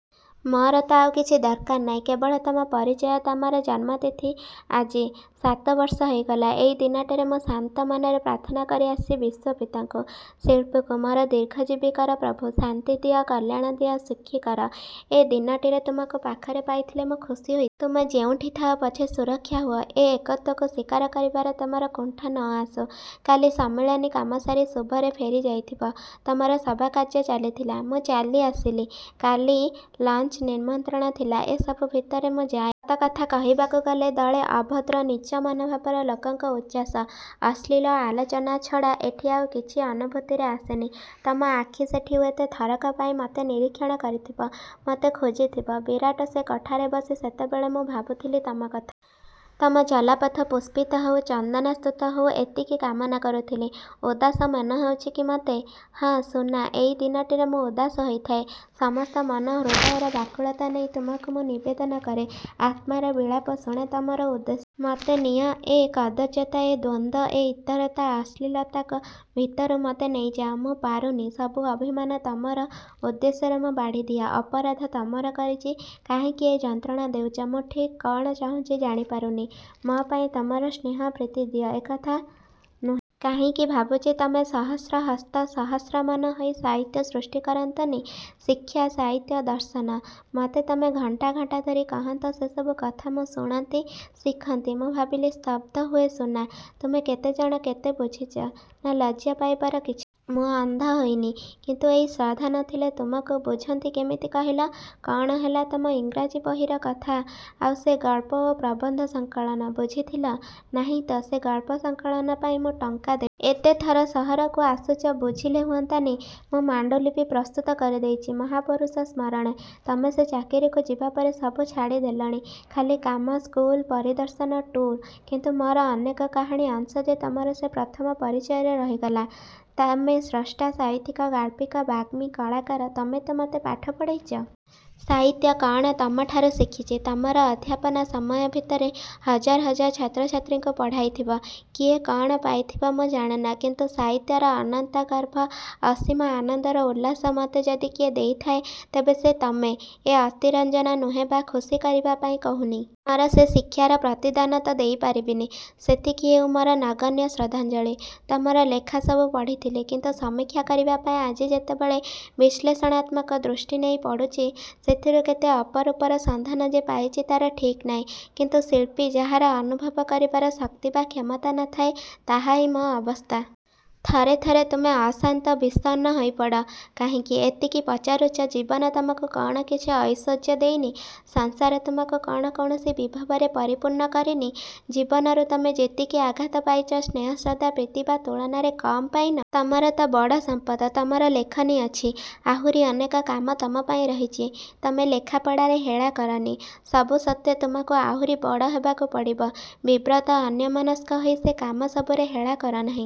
ମୋର ତ ଆଉ କିଛି ଦରକାର ନାହିଁ କେବଳ ତମ ପରିଚୟ। ତମର ଜନ୍ମତିଥି ଆଜି। ସାତବର୍ଷ ହୋଇଗଲା। ଏଇ ଦିନଟିରେ ମୁଁ ଶାନ୍ତ ମନରେ ପ୍ରାର୍ଥନା କରିଆସିଛି ବିଶ୍ଵପିତାଙ୍କୁ–ଶିଳ୍ପୀକୁ ମୋର ଦୀର୍ଘଜୀବୀ କର ପ୍ରଭୁ, ଶାନ୍ତି ଦିଅ, କଲ୍ୟାଣ ଦିଅ, ସୁଖୀ କର। ଏ ଦିନଟିରେ ତୁମକୁ ପାଖରେ ପାଇଥିଲେ ମୁଁ ଖୁସି ହୋଇଥାନ୍ତି। ତମେ ଯେଉଁଠି ଥାଅ ପଛେ ସୁରକ୍ଷା ହୁଅ। ଏ ଏକତ୍ଵକୁ ସ୍ଵୀକାର କରିବାରେ ତମର କୁଣ୍ଠା ନ ଆସୁ। କାଲି ସମ୍ମିଳନୀ କାମ ସାରି ଶୁଭରେ ଫେରିଯାଇଥିବ। ତମର ସଭାକାର୍ଯ୍ୟ ଚାଲିଥିଲା। ମୁଁ ଚାଲିଆସିଲି। କାଲି ଲଞ୍ଚ୍କୁ ନିମନ୍ତ୍ରଣ ଥିଲା। ଏ ସବୁ ଭିତରେ ମୁଁ ଯାଏନି। ସତକଥା କହିବାକୁ ଗଲେ ଦଳେ ଅଭଦ୍ର, ନୀଚ ମନୋଭାବର ଲୋକଙ୍କ ଉଚ୍ଛ୍ଵାସ। ଅଶ୍ଳୀଳ ଆଲୋଚନା ଛଡ଼ା ଏଠି ଆଉ କିଛି ଅନୁଭୂତିରେ ଆସେନି। ତମ ଆଖି ସେଠି ହୁଏତ ଥରକ ପାଇଁ ମତେ ନିରୀକ୍ଷଣ କରିଥିବ, ମତେ ଖୋଜିଥିବ। ବିରାଟ ସେ କୋଠାରେ ବସି ସେତେବେଳେ ମୁଁ ଭାବୁଥିଲି ତମ କଥା। ତମ ଚଲାପଥ ପୁଷ୍ପିତ ହେଉ, ଚନ୍ଦନାସ୍ତୃତ ହେଉ-ଏତିକି କାମନା କରୁଥିଲି। ଉଦାସ ମନେହେଉଛି କି ମତେ? ହଁ ସୁନା, ଏଇ ଦିନଟିରେ ମୁଁ ଉଦାସ ହୋଇଥାଏ। ସମସ୍ତ ମନ ହୃଦୟର ବ୍ୟାକୁଳତା ନେଇ ତୁମକୁ ମୁଁ ନିବେଦନ କରେ। ଆତ୍ମାର ବିଳାପ ଶୁଣେ ତମର ଉଦ୍ଦେଶ୍ୟରେ। ମତେ ନିଅ; ଏ କଦର୍ଯ୍ୟତା, ଏ ଦ୍ୱନ୍ଦ, ଏ ଇତରତା, ଅଶ୍ଲୀଳତା ଭିତରୁ ମତେ ନେଇଯାଅ। ମୁଁ ପାରୁନି। ସବୁ ଅଭିମାନ ତମର ଉଦ୍ଦେଶ୍ୟର ମୁଁ ବାଢ଼ିଦିଏ। ଅପରାଧ ତମର କରିଛି? କାହିଁକି ଏ ଯନ୍ତ୍ରଣା ଦେଉଛ? ମୁଁ ଠିକ୍ କ'ଣ ଚାହୁଁଛି ଜାଣିପାରୁନି। ମୋ ପାଇଁ ତମର ସ୍ନେହ ପ୍ରୀତି ଦିଅ ଏ କଥା ନୁହେଁ। କାହିଁକି ଭାବୁଛି, ତମେ ସହସ୍ରହସ୍ତ, ସହସ୍ର ମନ ହୋଇ ସାହିତ୍ୟ ସୃଷ୍ଟି କରନ୍ତନି? ଶିକ୍ଷା, ସାହିତ୍ୟ, ଦର୍ଶନ। ମତେ ତମେ ଘଣ୍ଟା-ଘଣ୍ଟାଧରି କହନ୍ତ ସେସବୁ କଥା-ମୁଁ ଶୁଣନ୍ତି, ଶିଖନ୍ତି। ମୁଁ ଭାବିଲି ସ୍ତବ୍ଧ ହୁଏ ସୁନା! ତମେ କେତେ ଜାଣ, କେତେ ବୁଝିଛ। ନା, ଲଜ୍ଜା ପାଇବାର କିଛି ନାହିଁ। ମୁଁ ଅନ୍ଧ ହୋଇନି। କିନ୍ତୁ ଏଇ ଶ୍ରଦ୍ଧା ନ ଥିଲେ ତମକୁ। ବୁଝନ୍ତି କେମିତି କହିଲ? କଅଣ ହେଲା ତମ ଇଂରାଜୀ ବହିର କଥା? ଆଉ ସେ ଗଳ୍ପ ଓ ପ୍ରବନ୍ଧ ସଂକଳନ? ବୁଝିଥିଲ? ନାହିଁ ତ, ସେ ଗଳ୍ପ ସଂକଳନ ପାଇଁ ମୁଁ ଟଙ୍କା ଦେବି। ଏତେ ଥର ସହରକୁ ଆସୁଛ, ବୁଝିଲେ ହୁଅନ୍ତାନି? ମୁଁ ପାଣ୍ଡୁଲିପି ପ୍ରସ୍ତୁତ କରିଦେଉଛି-'ମହାପୁରୁଷ ସ୍ମରଣେ'। ତମେ ସେ ଚାକିରିକୁ ଯିବାପରେ ସବୁ ଛାଡ଼ିଦେଲଣି। ଖାଲି କାମ, ସ୍କୁଲ, ପରିଦର୍ଶନ ଟୁର୍-କିନ୍ତୁ ମୋର ଅନେକକାହାଣୀ ଅଂଶ ଯେ ତମର ସେ ପ୍ରଥମ ପରିଚୟରେ ରହିଗଲା–ତମେ ସ୍ରଷ୍ଟା।, ସାହିତ୍ୟିକ, ଗାଳ୍ପିକ, ବାଗ୍ମୀ, କଳାକାର ତମେ ତ ମତେ ପାଠ ପଢ଼େଇଚ। ସାହିତ୍ୟ କଅଣ ତମଠାରୁ ଶିଖିଛି। ତମର ଅଧ୍ୟାପନା ସମୟ ଭିତରେ ହଜାର ହଜାର ଛାତ୍ରଛାତ୍ରୀଙ୍କୁ ପଢ଼ାଇଥିବ। କିଏ କଅଣ ପାଇଥିବ ମୁଁ ଜାଣେନା, କିନ୍ତୁ ସାହିତ୍ୟର ଅନନ୍ତଗର୍ଭ, ଅସୀମ ଆନନ୍ଦର ଉଲ୍ଲାସ ମତେ ଯଦି କିଏ ଦେଇଥାଏ, ତେବେ ସେ ତମେ। ଏ ଅତିରଞ୍ଜନ ନୁହେଁ ବା ଖୁସି କରିବାପାଇଁ କହୁନି। ମୋର ସେ ଶିକ୍ଷାର ପ୍ରତିଦାନ ତ ଦେଇପାରିବିନି–ସେତିକି ହେଉ ମୋର ନଗଣ୍ୟ ଶ୍ରଦ୍ଧାଞ୍ଜଳି। ତମର ଲେଖା ସବୁ ପଢ଼ିଥିଲି। କିନ୍ତୁ ସମୀକ୍ଷା କରିବାପାଇଁ ଆଜି ଯେତେବେଳେ ବିଶ୍ଳେଷଣାତ୍ମକ ଦୃଷ୍ଟି ନେଇ ପଡ଼ୁଛି ସେଥିରୁ କେତେ ଅପରୂପର ସନ୍ଧାନ ଯେ ପାଇଛି ତାର ଠିକ୍ ନାହିଁ। କିନ୍ତୁ ଶିଳ୍ପୀ, ଯାହାର ଅନଭୁବ କରିବାର ଶକ୍ତି ବା କ୍ଷମତା ନଥାଏ, ତାହାହିଁ ମୋ ଅବସ୍ଥା। ଥରେ ଥରେ ତୁମେ ଅଶାନ୍ତ ବିଷର୍ଣ୍ଣ ହୋଇପଡ଼। କାହିଁକି? ଏତିକି ପଚାରୁଛ, ଜୀବନ ତୁମକୁ କଅଣ କିଛି ଐଶ୍ୱର୍ଯ୍ୟ ଦେଇନି? ସଂସାର ତୁମକୁ କଅଣ କୌଣସି ବିଭବରେ ପରିପୂର୍ଣ୍ଣ କରିନି? ଜୀବନରୁ ତମେ ଯେତିକି ଆଘାତ ପାଇଛ, ସ୍ନେହଶ୍ରଦ୍ଧା, ପ୍ରୀତି ତା ତୁଳନାରେ କମ୍ ପାଇନ। ତମର ତ ବଡ଼ ସମ୍ପଦ ତମର ଲେଖନୀ ଅଛି। ଆହୁରି ଅନେକ କାମ ତମପାଇଁ ରହିଛି। ତମେ ଲେଖାପଢ଼ାରେ ହେଳା କରନି। ସବୁ ସତ୍ତ୍ୱେ ତୁମକୁ ଆହୁରି ବଡ଼ ହେବାକୁ ପଡ଼ିବ। ବିବ୍ରତ ଅନ୍ୟମନସ୍କ ହୋଇ ସେ କାମ ସବୁରେ ହେଳା କରନାହିଁ।